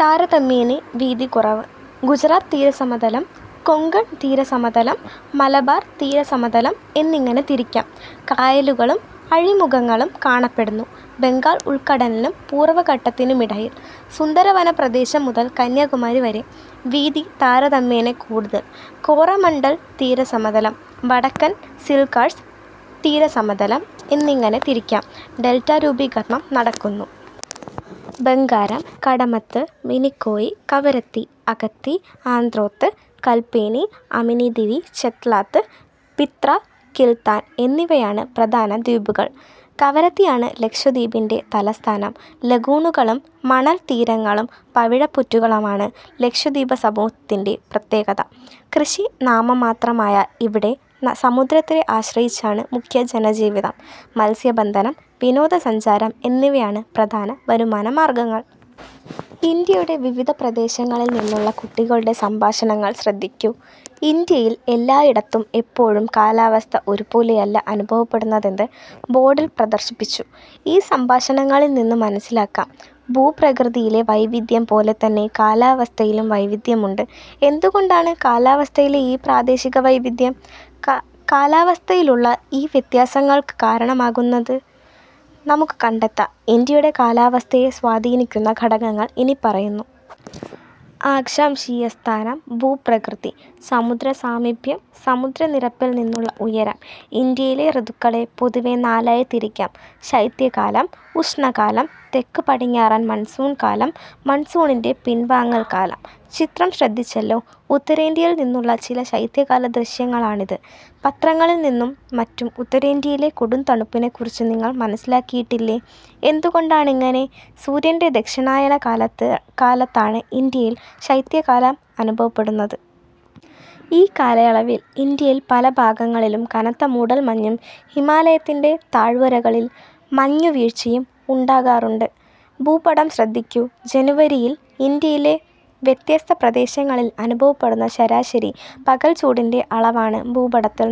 താരതമ്യേന വീതി കുറവ്. ഗുജറാത്ത് തീരസമതലം, കൊങ്കൺ തീരസമതലം, മലബാർ തീരസമതലം എന്നിങ്ങനെ തിരിക്കാം. കായലുകളും അഴിമുഖങ്ങളും കാണപ്പെടുന്നു. ബംഗാൾ ഉൾക്കടലിനും പൂർവഘട്ടത്തിനുമിടയിൽ. സുന്ദരവനപ്രദേശം മുതൽ കന്യാകുമാരി വരെ. വീതി താരതമ്യേന കൂടുതൽ. കോറമണ്ഡൽ തീരസമതലം, വടക്കൻ സിർകാർസ് തീരസമതലം എന്നിങ്ങനെ തിരിക്കാം. ഡെൽറ്റ രൂപീകരണം നടക്കുന്നു. ബംഗാരം, കടമത്ത്, മിനിക്കോയ്, കവരത്തി, അഗത്തി, ആന്ത്രോത്ത്, കല്പേനി, അമിനി ദിവി, ചെത്ലാത്ത്, ബിത്ര, കിൽത്താൻ എന്നിവയാണ് പ്രധാന ദ്വീപുകൾ. കവരത്തിയാണ് ലക്ഷദ്വീപിന്റെ തലസ്ഥാനം. ലഗൂണുകളും മണൽത്തീരങ്ങളും പവിഴപ്പുറ്റുകളുമാണ് ലക്ഷദ്വീപസമൂഹത്തിന്റെ പ്രത്യേകത. കൃഷി നാമമാത്രമായ ഇവിടെ സമുദ്രത്തെ ആശ്രയിച്ചാണ് മുഖ്യ ജനജീവിതം. മത്സ്യബന്ധനം, വിനോദ സഞ്ചാരം എന്നിവയാണ് പ്രധാന വരുമാനമാർങ്ങൾ. ഇന്ത്യയുടെ വിവിധ പ്രദേശങ്ങളിൽ നിന്നുള്ള കുട്ടികളുടെ സംഭാഷണങ്ങൾ ശ്രദ്ധിക്കൂ. ഇന്ത്യയിൽ എല്ലായിടത്തും എപ്പോഴും കാലാവസ്ഥ ഒരുപോലെയല്ല അനുഭവപ്പെടുന്നതെന്ന് ബോർഡിൽ പ്രദർശിപ്പിച്ചു. ഈ സംഭാഷണങ്ങളിൽനിന്നു മനസ്സിലാക്കാം. ഭൂപ്രകൃതിയിലെ വൈവിധ്യം പോലെത്തന്നെ കാലാവസ്ഥയിലും വൈവിധ്യമുണ്ട്. എന്തുകൊണ്ടാണ് കാലാവസ്ഥയിലെ ഈ പ്രാദേശികവൈവിധ്യം? കാലാവസ്ഥയിലുള്ള ഈ വ്യത്യാസങ്ങൾക്ക്കാരണമാകുന്നത്? നമുക്ക് കണ്ടെത്താം. ഇന്ത്യയുടെ കാലാവസ്ഥയെ സ്വാധീനിക്കുന്ന ഘടകങ്ങൾ ഇനിപ്പറയുന്നു. അക്ഷാംശീയസ്ഥാനം. ഭൂപ്രകൃതി. സമുദ്രസാമീപ്യം. സമുദ്രനിരപ്പിൽനിന്നുള്ള ഉയരം. ഇന്ത്യയിലെ ഋതുക്കളെ പൊതുവെ നാലായി തിരിക്കാം. ശൈത്യകാലം, ഉഷ്ണകാലം. തെക്ക്-പടിഞ്ഞാറൻ മൺസൂൺ കാലം മൺസൂണിന്റെ പിൻവാങ്ങൽ കാലം. ചിത്രം ശ്രദ്ധിച്ചല്ലോ. ഉത്തരേന്ത്യയിൽനിന്നുള്ള ചില ശൈത്യകാല ദൃശ്യങ്ങളാണിത്. പത്രങ്ങളിൽനിന്നും മറ്റും ഉത്തരേന്ത്യയിലെ കൊടും തണുപ്പിനെക്കുറിച്ച് നിങ്ങൾ മനസ്സിലാക്കിയിട്ടില്ലേ. എന്തുകൊണ്ടാണിങ്ങനെ? സൂര്യന്റെ ദക്ഷിണായന കാലത്താണ് ഇന്ത്യയിൽ ശൈത്യകാലം അനുഭവപ്പെടുന്നത്. ഈ കാലയളവിൽ ഇന്ത്യയിൽ പലഭാഗങ്ങളിലും കനത്ത മൂടൽമഞ്ഞും ഹിമാലയത്തിന്റെ താഴ്വരകളിൽ മഞ്ഞു വീഴ്ചയും ഉണ്ടാകാറുണ്ട്. ഭൂപടം ശ്രദ്ധിക്കൂ. ജനുവരിയിൽ ഇന്ത്യയിലെ വ്യത്യസ്ത പ്രദേശങ്ങളിൽ അനുഭവപ്പെടുന്ന ശരാശരി പകൽച്ചൂടിന്റെ അളവാണ് ഭൂപടത്തിൽ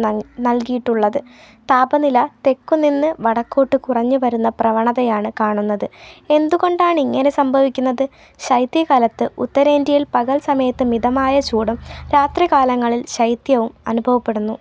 നൽകിയിട്ടുള്ളത്. താപനില തെക്കുനിന്ന് വടക്കോട്ട് കുറഞ്ഞുവരുന്ന പ്രവണതയാണ് കാണുന്നത്. എന്തുകൊണ്ടാണിങ്ങനെ സംഭവിക്കുന്നത്? ശൈത്യകാലത്ത് ഉത്തരേന്ത്യയിൽ പകൽസമയത്ത് മിതമായ ചൂടും രാത്രി കാലങ്ങളിൽ ശൈത്യവും അനുഭവപ്പെടുന്നു.